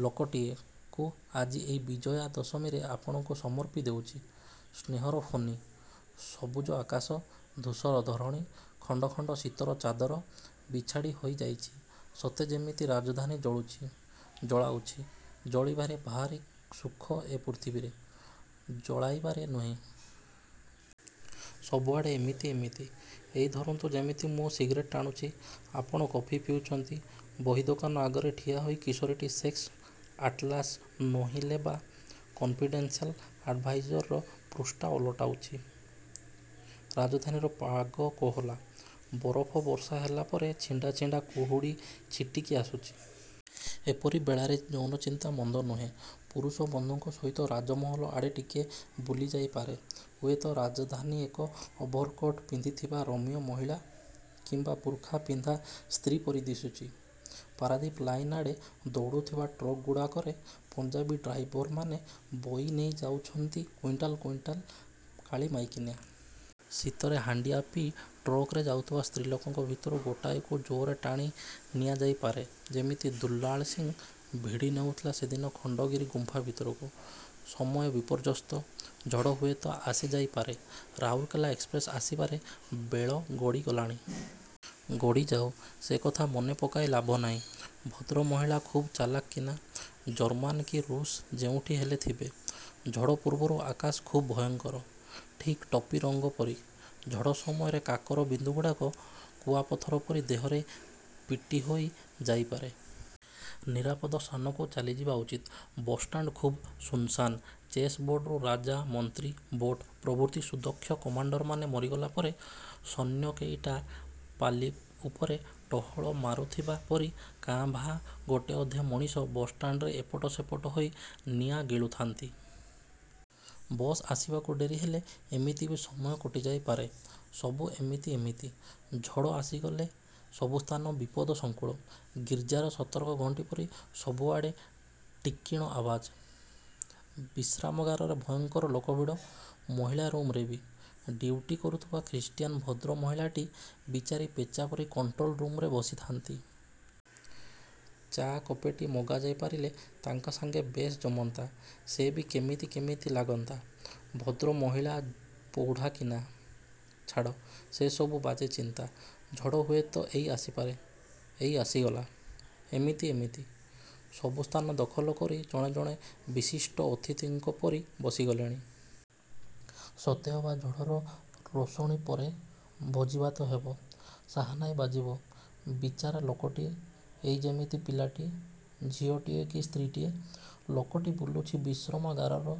''ଲୋକଟିଏ'' କୁ ଆଜିର ଏଇ ବିଜୟା ଦଶମୀରେ ଆପଣଙ୍କୁ ସମର୍ପି ଦେଉଛି। ସ୍ନେହର ଫନୀ,। ସବୁଜ ଆକାଶ, ଧୂସର ଧରଣୀ। ଖଣ୍ଡ ଖଣ୍ଡ ଶୀତର ଚାଦର ବିଛାଡ଼ି ହୋଇଯାଇଛି। ସତେ ଯେମିତି ରାଜଧାନୀ ଜଳୁଛି। ଜଳାଉଛି। ଜଳିବାରେ ଭାରି ସୁଖ ଏ ପୃଥିବୀରେ। ଜଳାଇବାରେ ନୁହେଁ। ସବୁଆଡ଼େ ଏମିତି ଏମିତି। ଏଇ ଧରନ୍ତୁ ଯେମିତି ମୁଁ ସିଗାରେଟ୍ ଟାଣୁଛି। ଆପଣ କଫି ପିଉଛନ୍ତି। ବହି ଦୋକାନ ଆଗରେ ଠିଆ ହୋଇ କିଶୋରୀଟି ସେକ୍ସ୍ ଆଟ୍ଲାସ୍ ନୋହିଲେବା 'କନ୍ଫିଡେନ୍ସିଆଲ୍ ଆଡ଼୍ଭାଇଜର୍'ର ପୃଷ୍ଠା ଓଲଟାଉଛି। ରାଜଧାନୀର ପାଗ କୋହଲା। ବରଫ ବର୍ଷା ହେଲାପରେ ଛିଣ୍ଡା ଛିଣ୍ଡା କୁହୁଡ଼ି ଛିଟିକି ଆସୁଛି। ଏମିତି ବେଳାରେ ଯୌନଚିନ୍ତା ମନ୍ଦନୁହେଁ। ପୁରୁଷ ବନ୍ଧୁଙ୍କ ସହିତ ରାଜମହଲ ଆଡ଼େ ଟିକିଏ ବୁଲାଯାଇ ପାରେ। ହୁଏତ ରାଜଧାନୀ ଏକ ଓଭରକୋଟ୍ ପିନ୍ଧିଥିବା ରୋମିଓ ମହିଳା କିମ୍ୱା ବୁର୍ଖା ପିନ୍ଧା ସ୍ତ୍ରୀ ପରି ଦିଶୁଛି। ପାରାଦ୍ୱୀପ ଲାଇନ୍ ଆଡ଼େ ଦଉଡ଼ୁଥିବା ଟ୍ରକ୍ଗୁଡ଼ିକରେ ପଞ୍ଜାବୀ ଡ୍ରାଇଭରମାନେ ବୋହିନେଇ ଯାଇଛନ୍ତି କୁଇଣ୍ଟାଲ୍ କୁଇଣ୍ଟାଲ୍ କାଳିମାଈକିନିଆ। ଶୀତର ହାଣ୍ଡିଆ ପିଇ ଟ୍ରକରେ ଯାଉଥିବା ସ୍ତ୍ରଲୋକଙ୍କ ଭିତରୁ ଗୋଟିକୁ ଜୋର୍କରି ଟାଣି ନିଆ ଯାଇପାରେ। ଯେମିତି ଦୁଲାଳ୍ ସିଂ ଭିଡ଼ି ନେଉଥିଲା ସେଦିନ ଖଣ୍ଡଗିରି ଗୁମ୍ଫା ଭିତରକୁ। ସମୟ ବିପର୍ଯ୍ୟସ୍ତ। ଝଡ଼ ହୁଏତ ଆସିଯାଇ ପାରେ! ରାଉରକେଲା ଏକ୍ସପ୍ରେସ୍ ଆସିବାରେ ବେଳ ଗଡ଼ି ଗଲାଣି। ଗଡ଼ିଯାଉ। ସେ କଥା ମନେ ପକାଇ ଲାଭ ନାହିଁ। ଭଦ୍ରମହିଳା ଖୁବ୍ ଚାଲାଖ କିନା। ଜର୍ମାନ୍ କି ରୁଷ୍ ଯେଉଁଠି ହେଲେ ଥିବେ।। ଝଡ଼ ପୂର୍ବରୁ ଆକାଶ ଖୁବ୍ ଭୟଙ୍କର। ଠିକ୍ ଟଫି ରଙ୍ଗ ପରି। ଝଡ଼ ସମୟର କାକର ବିନ୍ଦୁଗୁଡ଼ିକ କୁଆପଥର ପରି ଦେହରେ ପିଟିହୋଇ ଯାଇପାରେ। ନିରାପଦ ସ୍ଥାନକୁ ଚାଲିଯିବା ଉଚିତ। ବସ୍ ଷ୍ଟାଣ୍ଡ ଖୁବ୍ ଶୂନଶାନ୍। ଚେସ୍ ବୋର୍ଡ଼ରୁ ରାଜା, ମନ୍ତ୍ରୀ, ବୋଟ୍ ପ୍ରଭୃତି ସୁଦକ୍ଷ କମାଣ୍ଡରମାନେ ମରିଗଲାପରେ ସୈନ୍ୟ କେଇଟା ପାଲି ଉପରେ ଟହଲ ମାରୁଥିବା ପରି, କାଁ ଭାଁ ଗୋଟେ ଅଧେ ମଣିଷ ବସ୍ ଷ୍ଟାଣ୍ଡରେ ଏପଟ ସେପଟ ହୋଇ ନିଆଁ ଗିଳୁଥାନ୍ତି। ବସ୍ ଆସିବାକୁ ଡେରିହେଲେ ଏମିତି ବି ସମୟ କଟାଯାଇ ପାରେ। ସବୁ ଏମିତି ଏମିତି। ଝଡ଼ ଆସିଗଲେ ସବୁସ୍ଥାନ ବିପଦ ଶଙ୍କୁଳ। ଗିର୍ଜାର ସତର୍କ ଘଣ୍ଟିପରି ସବୁଆଡ଼େ ଟିଣ୍ଟିଣ୍ ଆଓ୍ୱାଜ। ବିଶ୍ରାମ ଗାରରେ ଭୟଙ୍କର ଲୋକଭିଡ଼। ମହିଳା ରୁମରେ ବି। ଡିଉଟି କରୁଥିବା ଖ୍ରୀଷ୍ଟିୟାନ୍ ଭଦ୍ର ମହିଳାଟି ବିଚାରୀ ପେଚାପରି କଣ୍ଟ୍ରୋଲ୍ ରୁମରେ ବସିଥାନ୍ତି। ଚା' କପ୍ଟିଏ ମଗାଯାଇ ପାରିଲେ ତାଙ୍କ ସାଙ୍ଗେ ବେଶ୍ ଜମନ୍ତା। ସେ ବି କେମିତି କେମିତି ଲାଗନ୍ତା। ଭଦ୍ରମହିଳା ପୌଢ଼ାକିନା! ଛାଡ଼, ସେ ସବୁ ବାଜେ ଚିନ୍ତା। ଝଡ଼ ହୁଏତ ଏଇ ଆସିପାରେ। ଏଇ ଆସିଗଲା। ଏମିତି ଏମିତି। ସବୁ ସ୍ଥାନ ଦଖଲ କରି ଜଣେ ଜଣେ ବିଶିଷ୍ଟ ଅତିଥିଙ୍କପରି ବସିଗଲେଣି। ସତେ ଅବା ଝଡ଼ର ରୋଷଣିପରେ ଭୋଜିଭାତ ହେବ। ସାହାନାଇ ବାଜିବ। ବିଚାରା ଲୋକଟିଏ: ଏଇ ଯେମିତି ପିଲାଟିଏ। ଝିଅଟିଏ କି ସ୍ତ୍ରୀ ଟିଏ। ଲୋକଟି ବୁଲୁଛି ବିଶ୍ରାମାଗାରର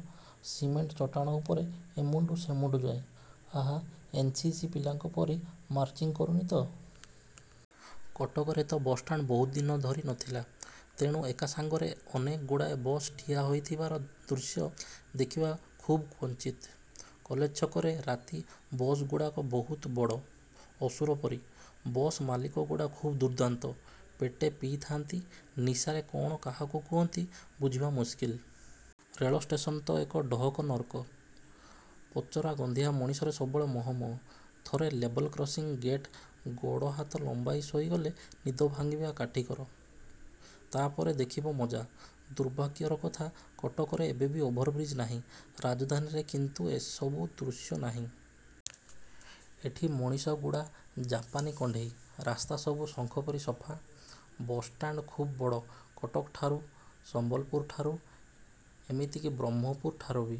ସିମେଣ୍ଟ ଚଟାଣ ଉପରେ ଏମୁଣ୍ଡୁ ସେମୁଣ୍ଡୁ ଯାଏଁ। ଆହା, ଏନ୍. ସି. ସି. ପିଲାଙ୍କ ପରି ମାର୍ଚ୍ଚିଂ କରୁନି ତ? କଟକରେତ ବସ୍ଷ୍ଟାଣ୍ଡ ବହୁଦିନ ଧରି ନଥିଲା। ତେଣୁ ଏକା ସାଙ୍ଗରେ ଅନେକଗୁଡ଼ିଏ ବସ୍ ଠିଆ ହୋଇଥିବାର ଦୃଶ୍ୟ ଦେଖିବା ଖୁବ୍ କ୍ୱଚିତ୍। କଲେଜ ଛକରେ ରାତିବସ୍ଗୁଡ଼ା ବହୁତ ବଡ଼। ଅସୁର ପରି। ବସ୍ ମାଲିକଗୁଡ଼ା ଖୁବ୍ ଦୁର୍ଦ୍ଦାନ୍ତ। ପେଟେ ପିଇଥାନ୍ତି। ନିଶାରେ କ'ଣ କାହାକୁ କହନ୍ତି ବୁଝିବା ମୁସ୍କିଲ୍। ରେଲଷ୍ଟେସନ ତ ଏକ ଡହକ ନର୍କ। ପଚରା ଗନ୍ଧିଆ ମଣିଷରେ ସବୁବେଳେ ମହମହ-। ଥରେ ଲେବଲ୍କ୍ରସିଂ ଗେଟ୍ ଗୋଡ଼ ହାତ ଲମ୍ବାଇ ଶୋଇଗଲେ ନିଦ ଭାଙ୍ଗିବା କାଠିକର-। ତା'ପରେ ଦେଖିବ ମଜା! ଦୁର୍ଭାଗ୍ୟର କଥା କଟକରେ ଏବେ ବି ଓଭର୍ବ୍ରିଜ ନାହିଁ। ରାଜଧାନୀରେ କିନ୍ତୁ ଏସବୁ ଦୃଶ୍ୟନାହିଁ। ଏଠି ମଣିଷଗୁଡ଼ା ଜାପାନୀ କଣ୍ଢେଇ। ରାସ୍ତାସବୁ ଶଙ୍ଖପରି ସଫା। ବସ୍ଷ୍ଟାଣ୍ଡ ଖୁବ୍ ବଡ଼ କଟକଠାରୁ; ସମ୍ବଲପୁରଠାରୁ; ଏମିତିକି ବ୍ରହ୍ମପୁରଠାରୁ ବି।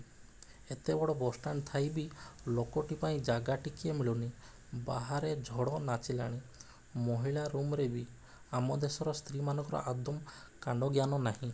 ଏତେବଡ଼ ବସ୍ଷ୍ଟାଣ୍ଡ ଥାଇ ବି ଲୋକଟି ପାଇଁ ଜାଗା ଟିକିଏ ମିଳୁନି। ବାହାରେ ଝଡ଼ ନାଚିଲାଣି। ମହିଳା ରୁମରେ ବି। ଆମ ଦେଶର ସ୍ତ୍ରୀମାନଙ୍କର ଆଦୌ କାଣ୍ଡଜ୍ଞାନ ନାହିଁ।